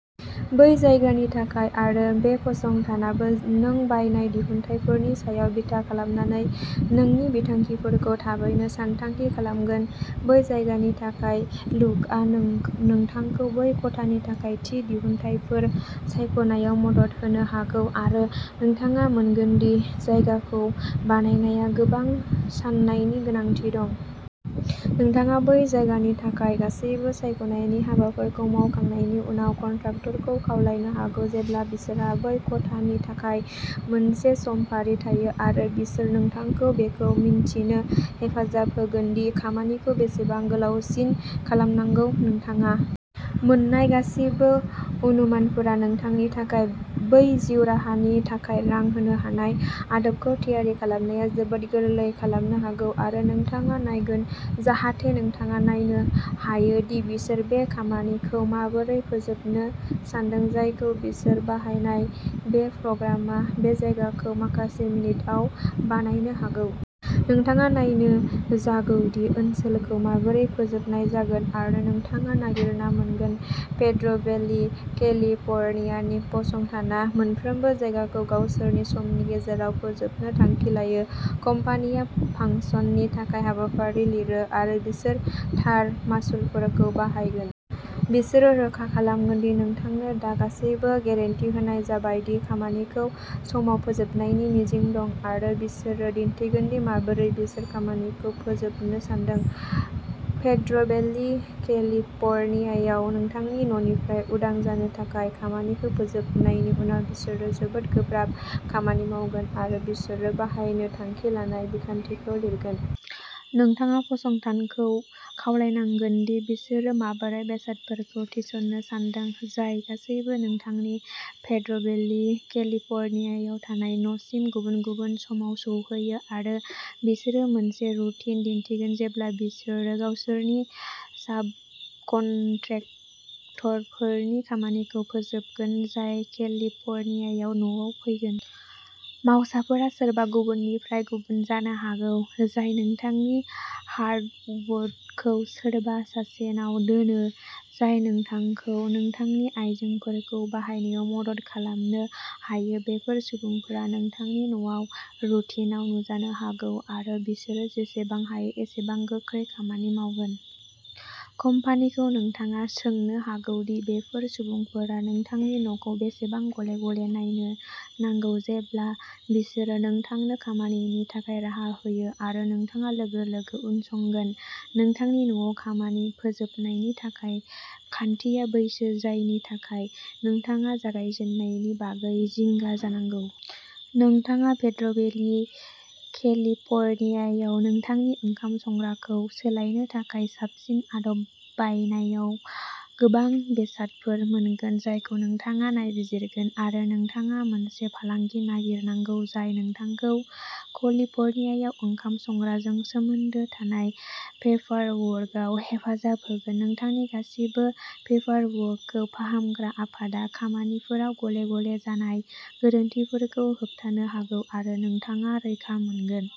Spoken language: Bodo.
बै जायगानि थाखाय, आरो बे फसंथानाबो नों बायनाय दिहुनथायफोरनि सायाव बिथा खालामनानै नोंनि बिथांखिफोरखौ थाबैनो सानथांखि खालामगोन। बै जायगानि थाखाय लुकआ नोंथांखौ बै खथानि थाखाय थि दिहुनथायफोर सायख'नायाव मदद होनो हागौ, आरो नोंथाङा मोनगोन दि जायगाखौ बानायनाया गोबां साननायनि गोनांथि दं। नोंथाङा बै जायगानि थाखाय गासैबो सायख'नायनि हाबाफोरखौ मावखांनायनि उनाव कन्ट्राक्टरखौ खावलायनो हागौ, जेब्ला बिसोरहा बै खथानि थाखाय मोनसे समफारि थायो, आरो बिसोर नोंथांखौ बेखौ मिन्थिनो हेफाजाब होगोन दि खामानिखौ बेसेबां गोलावसिन खालामनांगौ। नोंथाङा मोन्नाय गासिबो अनुमानफोरा नोंथांनि थाखाय बै जिउ राहानि थाखाय रां होनो हानाय आदबखौ थियारि खालामनाया जोबोद गोरलै खालामनो हागौ, आरो नोंथाङा नायगोन जाहाथे नोंथाङा नायनो हायो दि बिसोर बे खामानिखौ माबोरै फोजोबनो सानदों, जायखौ बिसोर बाहायनाय बे प्रग्रामआ बे जायगाखौ माखासे मिनिटआव बानायनो हागौ। नोंथाङा नायनो जागौ दि ओनसोलखौ माबोरै फोजोबनाय जागोन, आरो नोंथाङा नागिरना मोनगोन। पेद्र'भेलि, केलिफर्नियानि फसंथाना मोनफ्रोमबो जायगाखौ गावसोरनि समनि गेजेराव फोजोबनो थांखि लायो। कम्पानिया फांसननि थाखाय हाबाफारि लिरो, आरो बिसोर थार मासुलफोरखौ बाहायगोन। बिसोरो रोखा खालामगोन दि नोंथांनो दा गासैबो गेरेन्टि होनाय जाबाय दि खामानिखौ समाव फोजोबनायनि मिजिं दं, आरो बिसोरो दिन्थिगोन दि माबोरै बिसोर खामानिखौ फोजोबनो सानदों। पेद्र'भेलि, केलिफर्नियायाव नोंथांनि न'निफ्राय उदां जानो थाखाय खामानिखौ फोजोबनायनि उनाव बिसोरो जोबोद गोब्राब खामानि मावगोन, आरो बिसोरो बाहायनो थांखि लानाय बिखान्थिखौ लिरगोन। नोंथाङा फसंथानखौ खावलायनांगोन दि बिसोरो माबोरै बेसादफोरखौ थिसननो सानदों, जाय गासैबो नोंथांनि पेद्र'भेलि, केलिफर्नियायाव थानाय न'सिम गुबुन-गुबुन समाव सौहैयो, आरो बिसोरो मोनसे रुटिन दिन्थिगोन जेब्ला बिसोरो गावसोरनि साबकन्ट्रेक्टरफोरनि खामानिखौ फोजोबगोन, जाय केलिफर्नियायाव न'आव फैगोन। मावसाफोरा सोरबा गुबुननिफ्राय गुबुन जानो हागौ। जाय नोंथांनि हार्डवुडखौ सोरबा सासेनाव दोनो जाय नोंथांखौ नोंथांनि आयजेंफोरखौ बाहायनायाव मदद खालामनो हायो। बेफोर सुबुंफोरा नोंथांनि न'आव रुटिनआव नुजानो हागौ, आरो बिसोरो जेसेबां हायो एसेबां गोख्रै खामानि मावगोन। कम्पानिखौ नोंथाङा सोंनो हागौ दि बेफोर सुबुंफोरा नोंथांनि न'खौ बेसेबां गले-गले नायनो नांगौ, जेब्ला बिसोरो नोंथांनो खामानिनि थाखाय राहा होयो आरो नोंथाङा लोगो-लोगो उनसंगोन। नोंथांनि न'आव खामानि फोजोबनायनि थाखाय खान्थिया बैसो जायनि थाखाय नोंथाङा जागायजेन्नायनि बागै जिंगा जानांगौ। नोंथाङा पेद्र'भेलि, केलिफर्नियायाव नोंथांनि ओंखाम संग्राखौ सोलायनो थाखाय साबसिन आदब बायनायाव गोबां बेसादफोर मोनगोन जायखौ नोंथाङा नायबिजिरगोन, आरो नोंथाङा मोनसे फालांगि नागिरनांगौ जाय नोंथांखौ केलिफर्नियायाव ओंखाम संग्राजों सोमोन्दो थानाय पेपारवर्कआव हेफाजाब होगोन। नोंथांनि गासिबो पेपारवर्कखौ फाहामग्रा आफादआ खामानिफोराव गले-गले जानाय गोरोन्थिफोरखौ होबथानो हागौ, आरो नोंथाङा रैखा मोनगोन।